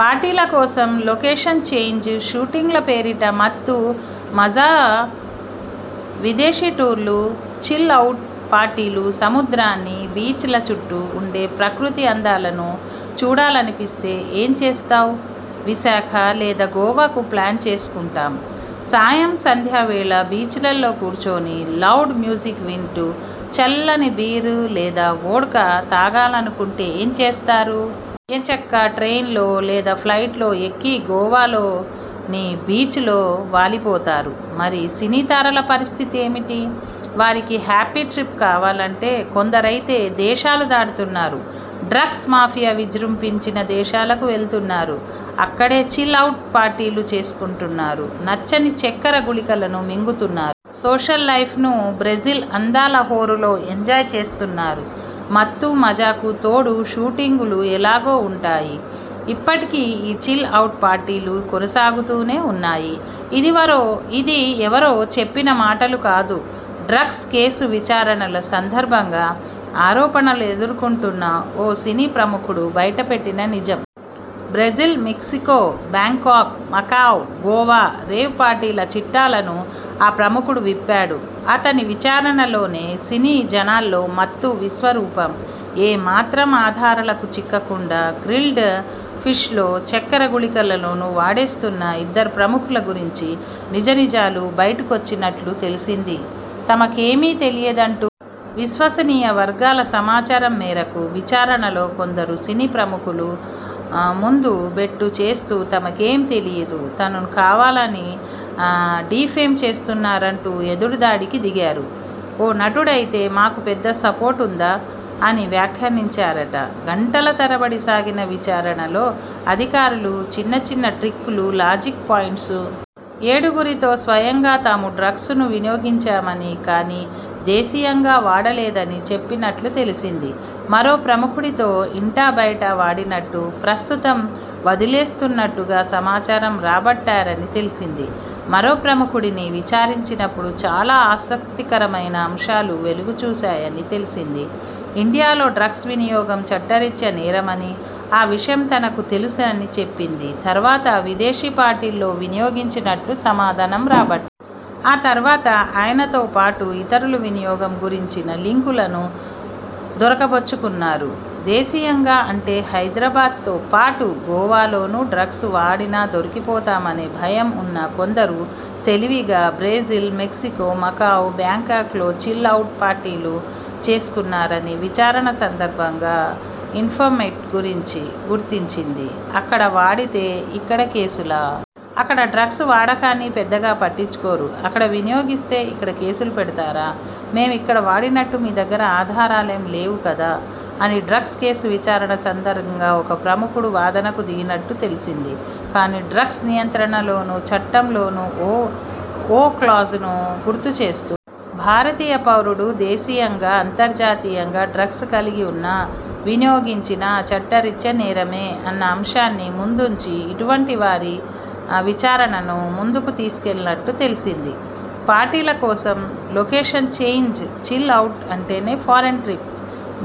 పార్టీల కోసం 'లొకేషన్ చేంజ్'షూటింగ్ల పేరిట మత్తు.. మజా విదేశీ టూర్లు.. చిల్ అవుట్ పార్టీలు సముద్రాన్ని, బీచ్ల చుట్టూ ఉండే ప్రకృతి అందాలను చూడాలనిపిస్తే ఏం చేస్తావ్? విశాఖ లేదా గోవాకు ప్లాన్ చేసుకుంటాం. సాయం సంధ్య వేళ బీచ్లల్లో కూర్చొని లౌడ్ మ్యూజిక్ వింటూ చల్లని బీర్ లేదా వోడ్కా తాగాలనుకుంటే ఏం చేస్తారు? ఎంచక్కా ట్రైన్లో లేదా ఫ్లయిట్లో ఎక్కి గోవాలోని బీచ్ లో వాలిపోతారు. మరి సినీతారల పరిస్థితి ఏమిటి? వారికి హ్యాపీ ట్రిప్ కావాలంటే? కొందరైతే దేశాలు దాటుతున్నారు. డ్రగ్స్ మాఫియా విజృంభించిన దేశాలకు వెళ్తున్నారు. అక్కడే చిల్ అవుట్ పార్టీలు చేసుకుంటున్నారు. నచ్చిన చక్కెర గుళికలను మింగుతున్నా సోషల్ లైఫ్ ను బ్రెజిల్ అందాల హోరులో ఎంజాయ్ చేస్తున్నారు. మత్తుమజాకు తోడు షూటింగ్లు ఎలాగూ ఉంటాయి.. ఇప్పటికీ ఈ చిల్ అవుట్ పార్టీలు కొనసాగుతూనే ఉన్నాయి. ఇదేవరో ఇది ఎవరో చెప్పిన మాట కాదు. డ్రగ్స్ కేసు విచారణ సందర్భంగా.. ఆరోపణలు ఎదుర్కొంటున్న ఓ సినీ ప్రముఖుడు బయటపెట్టిన నిజం. Brazil, Mexico, Bangkok, Macau, Goa rave పార్టీల చిట్టాను ఆ ప్రముఖుడు విప్పాడు. అతని విచారణతోనే సినీ జనాల్లోని మత్తు విశ్వరూపం, ఏ మాత్రం ఆధారాలకు చిక్కకుండా గ్రిల్డ్ ఫిష్లో చక్కెర గుళికలోను వాడేస్తున్న ఇద్దరు ప్రముఖుల గురించిన నిజానిజాలు బయటకొచ్చినట్లు తెలిసింది. తమకేమి తెలియదంటూనే.. విశ్వసనీయ వర్గాల సమాచారం మేరకు.. విచారణలో కొందరు సినీ ప్రముఖులు ఆ ముందు బెట్టూ చేస్తూ తమకేం తెలియదు, తనను కావాలని ఆ డీఫేమ్ చేస్తున్నారంటూ ఎదురుదాడికి దిగారు. ఓ నటుడయితే 'మాకూ పెద్ద సపోర్ట్ ఉంద'అని వ్యాఖ్యానించారట. గంటల తరబడి సాగిన విచారణలో అధికారులు చిన్న చిన్న ట్రిక్లు, లాజిక్ పాయింట్స్తో.. ఏడుగురితో స్వయంగా తాము డ్రగ్స్ ను వినియోగించామని, కానీ దేశీయంగా వాడలేదని చెప్పినట్లు తెలిసింది. మరో ప్రముఖుడి తో ఇంటా బయట వాడినట్టు, ప్రస్తుతం వదిలేస్తున్నట్టుగా సమాచారం రాబట్టారని తెలిసింది. మరో ప్రముఖడిని విచారించినప్పుడు చాలా ఆసక్తికరమైన అంశాలు వెలుగుచూశాయని తెలిసింది. ఇండియాలో డ్రగ్స్ వినియోగం చట్టరీత్యా నేరమని, ఆ విషయం తనకు తెలుసని చెప్పించిన తర్వాత విదేశీ పార్టీల్లో వినియోగించినట్టు సమాధానం రాబట ఆ తర్వాత ఆయనతోపాటు ఇతరుల వినియోగం గురించిన లింకులను దొరకబుచ్చుకున్నారు. దేశీయంగా అంటే హైదరాబాద్తో పాటు గోవాలోనూ డ్రగ్స్ వాడినా దొరికిపోతామనే భయం ఉన్న కొందరు తెలివిగా బ్రెజిల్, మెక్సికో, మకావ్, బ్యాంకాక్ల్లో చిల్ అవుట్ పార్టీలు చేసుకున్నారని విచారణ సందర్భంగా ఎన్ఫోర్స్మెంట్ గురించి గుర్తించింది. అక్కడ వాడితే ఇక్కడ కేసులా? '' అక్కడ డ్రగ్స్ వాడకాన్ని పెద్దగా పట్టించుకోరు. అక్కడ వినియోగిస్తే ఇక్కడ కేసులు పెడుతారా? మేం ఇక్కడ వాడినట్టు మీ దగ్గర ఆధారాలేం లేవు కదా'' అని డ్రగ్స్ కేసు విచారణ సందర్భంగా ఓ ప్రముఖుడు వాదనకు దిగినట్టు తెలిసింది. కానీ.. డ్రగ్స్ నియంత్రణలోని చట్టంలోను ఓ ఓ క్లాజును గుర్తుచేస్తూ.. ''భారతీయ పౌరుడు దేశీయంగా, అంతర్జాతీయంగా డ్రగ్స్ కలిగి ఉన్నా, వినియోగించినా చట్టరీత్యా నేరమే'' అన్న అంశాన్ని ముందుంచి ఇటువంటి వారి విచారణను ముందుకు తీసుకెళ్లినట్టు తెలిసింది. పార్టీల కోసం 'లొకేషన్ చేంజ్'చిల్ అవుట్ అంటేనే ఫారిన్ ట్రిప్.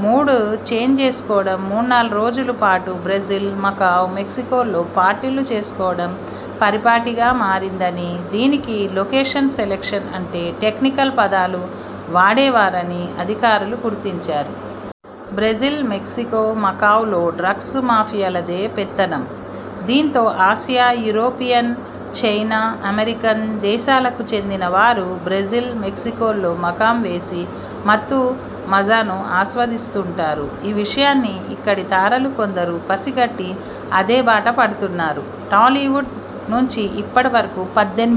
మూడ్ చేంజ్కోసం మూడునాలుగు రోజుల పాటు బ్రెజిల్, మకావ్, మెక్సికోల్లో పార్టీలు చేసుకోవడం పరిపాటిగా మారిందని, దీనికి లొకేషన్ సెలక్షన్ అంటే టెక్నికల్ పదాలు వాడేవారని అధికారులు గుర్తించారు. బ్రెజిల్, మెక్సికో, మకావ్ లో డ్రగ్స్ మాఫియాలదే పెత్తనం. దీంతో ఆసియా, యూరోపియన్, చైనా, అమెరికన్ దే శాలకు చెందిన వారు బ్రెజిల్, మెక్సికోల్లో మకాం వేసి మత్తు మజాను ఆస్వాదిస్తుంటారు. ఈ విషయాన్ని ఇక్కడి తారలు కొందరు పసిగట్టి అదే బాటపడుతున్నారు. టాలీవుడ్ నుంచి ఇప్పటి వరకు పద్దెని